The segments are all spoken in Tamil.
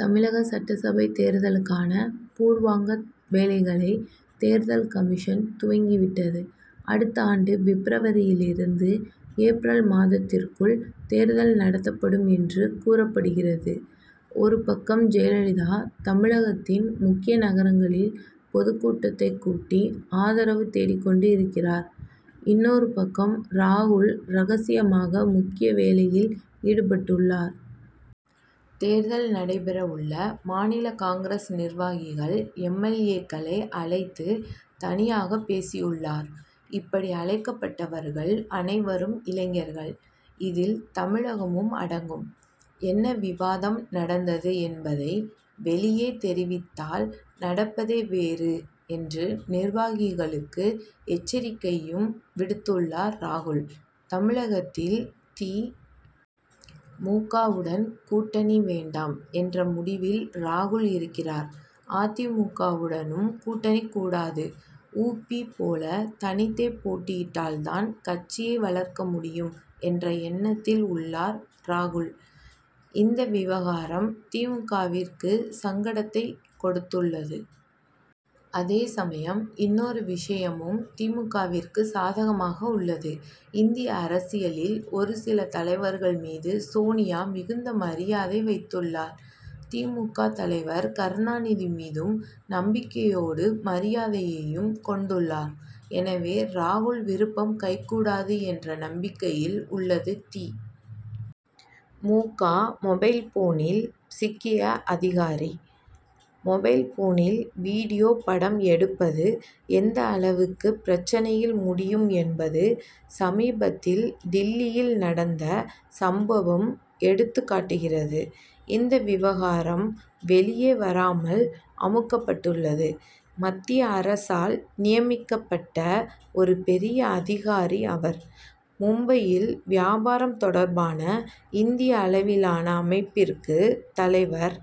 தமிழக சட்டசபைத் தேர்தலுக்கான பூர்வாங்க வேலைகளை தேர்தல் கமிஷன் துவங்கிவிட்டது. அடுத்த ஆண்டு பிப்ரவரியிலிருந்து, ஏப்ரல் மாதத்திற்குள் தேர்தல் நடத்தப்படும் என்று கூறப்படுகிறது. ஒரு பக்கம் ஜெயலலிதா, தமிழகத்தின் முக்கிய நகரங்களில் பொதுக் கூட்டத்தைக் கூட்டி ஆதரவு தேடிக் கொண்டிருக்கிறார். இன்னொரு பக்கம், ராகுல் ரகசியமாக முக்கிய வேலையில் ஈடுபட்டுள்ளார். தேர்தல் நடைபெறவுள்ள மாநில காங்கிரஸ் நிர்வாகிகள், எம். எல். ஏ.,க்களை அழைத்து தனியாக பேசியுள்ளார். இப்படி அழைக்கப்பட்டவர்கள் அனைவரும் இளைஞர்கள். இதில் தமிழகமும் அடங்கும். என்ன விவாதம் நடந்தது என்பதை வெளியே தெரிவித்தால், நடப்பதே வேறு என்று நிர்வாகிகளுக்கு எச்சரிக்கையையும் விடுத்துள்ளார் ராகுல். தமிழகத்தில் தி. மு. க.,வுடன் கூட்டணி வேண்டாம் என்ற முடிவில் ராகுல் இருக்கிறார். "அ. தி. மு. க.,வுடனும் கூட்டணி கூடாது. உ. பி., போல தனித்தே போட்டியிட்டால் தான் கட்சியை வளர்க்க முடியும்' என்ற எண்ணத்தில் உள்ளார் ராகுல். இந்த விவகாரம் தி. மு. க.,விற்கு சங்கடத்தைக் கொடுத்துள்ளது. அதே சமயம், இன்னொரு விஷயமும் தி. மு. க.,விற்கு சாதகமாக உள்ளது. இந்திய அரசியலில், ஒரு சில தலைவர்கள் மீது சோனியா மிகுந்த மரியாதை வைத்துள்ளார். தி. மு. க., தலைவர் கருணாநிதி மீதும் நம்பிக்கையோடு மரியாதையையும் கொண்டுள்ளார். எனவே, ராகுல் விருப்பம் கைகூடாது என்ற நம்பிக்கையில் உள்ளது தி. மு. க., மொபைல்போனில் சிக்கிய அதிகாரி: மொபைல்போனில் வீடியோ படம் எடுப்பது எந்த அளவுக்கு பிரச்னையில் முடியும் என்பது, சமீபத்தில் டில்லியில் நடந்த சம்பவம் எடுத்துக் காட்டுகிறது. இந்த விவகாரம் வெளியே வராமல் அமுக்கப்பட்டுள்ளது. மத்திய அரசால் நியமிக்கப்பட்ட ஒரு பெரிய அதிகாரி அவர். மும்பையில் வியாபாரம் தொடர்பான இந்திய அளவிலான அமைப்பிற்கு தலைவர்.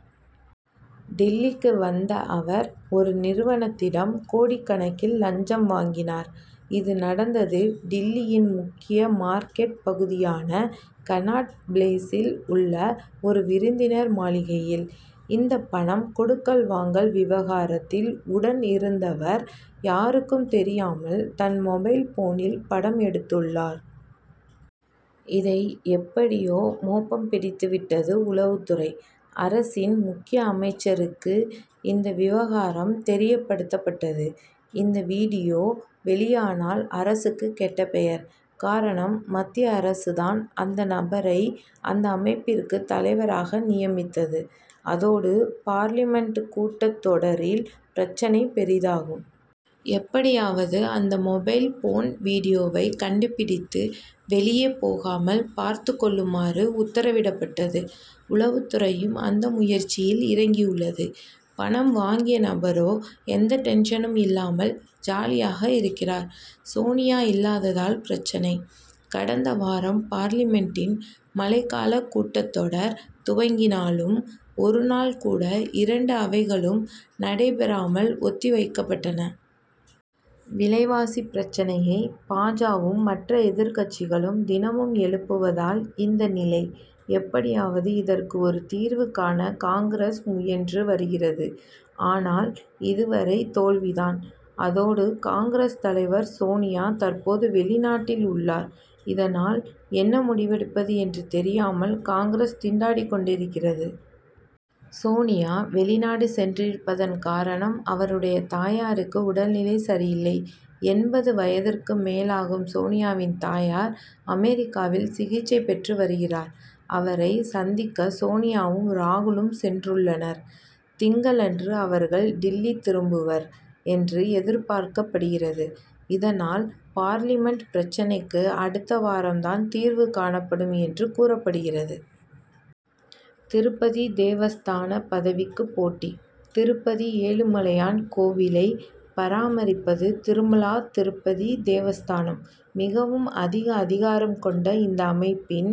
டில்லிக்கு வந்த அவர், ஒரு நிறுவனத்திடம் கோடிக்கணக்கில் லஞ்சம் வாங்கினார். இது நடந்தது, டில்லியின் முக்கிய மார்க்கெட் பகுதியான கன்னாட் பிளேசில் உள்ள ஒரு விருந்தினர் மாளிகையில். இந்த பணம் கொடுக்கல் வாங்கல் விவகாரத்தில் உடன் இருந்தவர், யாருக்கும் தெரியாமல் தன் மொபைல்போனில் படம் எடுத்துள்ளார். இதை எப்படியோ மோப்பம் பிடித்துவிட்டது உளவுத்துறை. அரசின் முக்கிய அமைச்சருக்கு இந்த விவகாரம் தெரியப்படுத்தப்பட்டது. இந்த வீடியோ வெளியானால் அரசுக்கு கெட்ட பெயர். காரணம், மத்திய அரசு தான் அந்த நபரை, அந்த அமைப்பிற்கு தலைவராக நியமித்தது. அதோடு, பார்லிமென்ட் கூட்டத் தொடரில் பிரச்னை பெரிதாகும். எப்படியாவது அந்த மொபைல்போன் வீடியோவை கண்டுபிடித்து, வெளியே போகாமல் பார்த்துக் கொள்ளுமாறு உத்தரவிடப்பட்டது. உளவுத் துறையும் அந்த முயற்சியில் இறங்கியுள்ளது. பணம் வாங்கிய நபரோ, எந்த டென்ஷனும் இல்லாமல் ஜாலியாக இருக்கிறார். சோனியா இல்லாததால் பிரச்னை: கடந்த வாரம் பார்லிமென்டின் மழைக்காலக் கூட்டத்தொடர் துவங்கினாலும், ஒருநாள் கூட இரண்டு அவைகளும் நடைபெறாமல் ஒத்தி வைக்கப்பட்டன. விலைவாசி பிரச்னையை பா. ஜ.,வும் மற்ற எதிர்க்கட்சிகளும் தினமும் எழுப்புவதால் இந்த நிலை. எப்படியாவது இதற்கு ஒரு தீர்வு காண காங்கிரஸ் முயன்று வருகிறது. ஆனால், இதுவரை தோல்வி தான். அதோடு, காங்கிரஸ் தலைவர் சோனியா தற்போது வெளிநாட்டில் உள்ளார். இதனால், என்ன முடிவெடுப்பது என்று தெரியாமல் காங்கிரஸ் திண்டாடிக் கொண்டிருக்கிறது. சோனியா வெளிநாடு சென்றிருப்பதன் காரணம், அவருடைய தாயாருக்கு உடல்நிலை சரியில்லை. எண்பது வயதிற்கு மேலாகும் சோனியாவின் தாயார், அமெரிக்காவில் சிகிச்சை பெற்று வருகிறார். அவரை சந்திக்க சோனியாவும், ராகுலும் சென்றுள்ளனர். திங்களன்று அவர்கள் டில்லி திரும்புவர் என்று எதிர்பார்க்கப்படுகிறது. இதனால், பார்லிமென்ட் பிரச்னைக்கு அடுத்த வாரம் தான் தீர்வு காணப்படும் என்று கூறப்படுகிறது. திருப்பதி தேவஸ்தான பதவிக்கு போட்டி: திருப்பதி ஏழுமலையான் கோவிலை பராமரிப்பது, திருமலா திருப்பதி தேவஸ்தானம். மிகவும் அதிக அதிகாரம் கொண்ட இந்த அமைப்பின்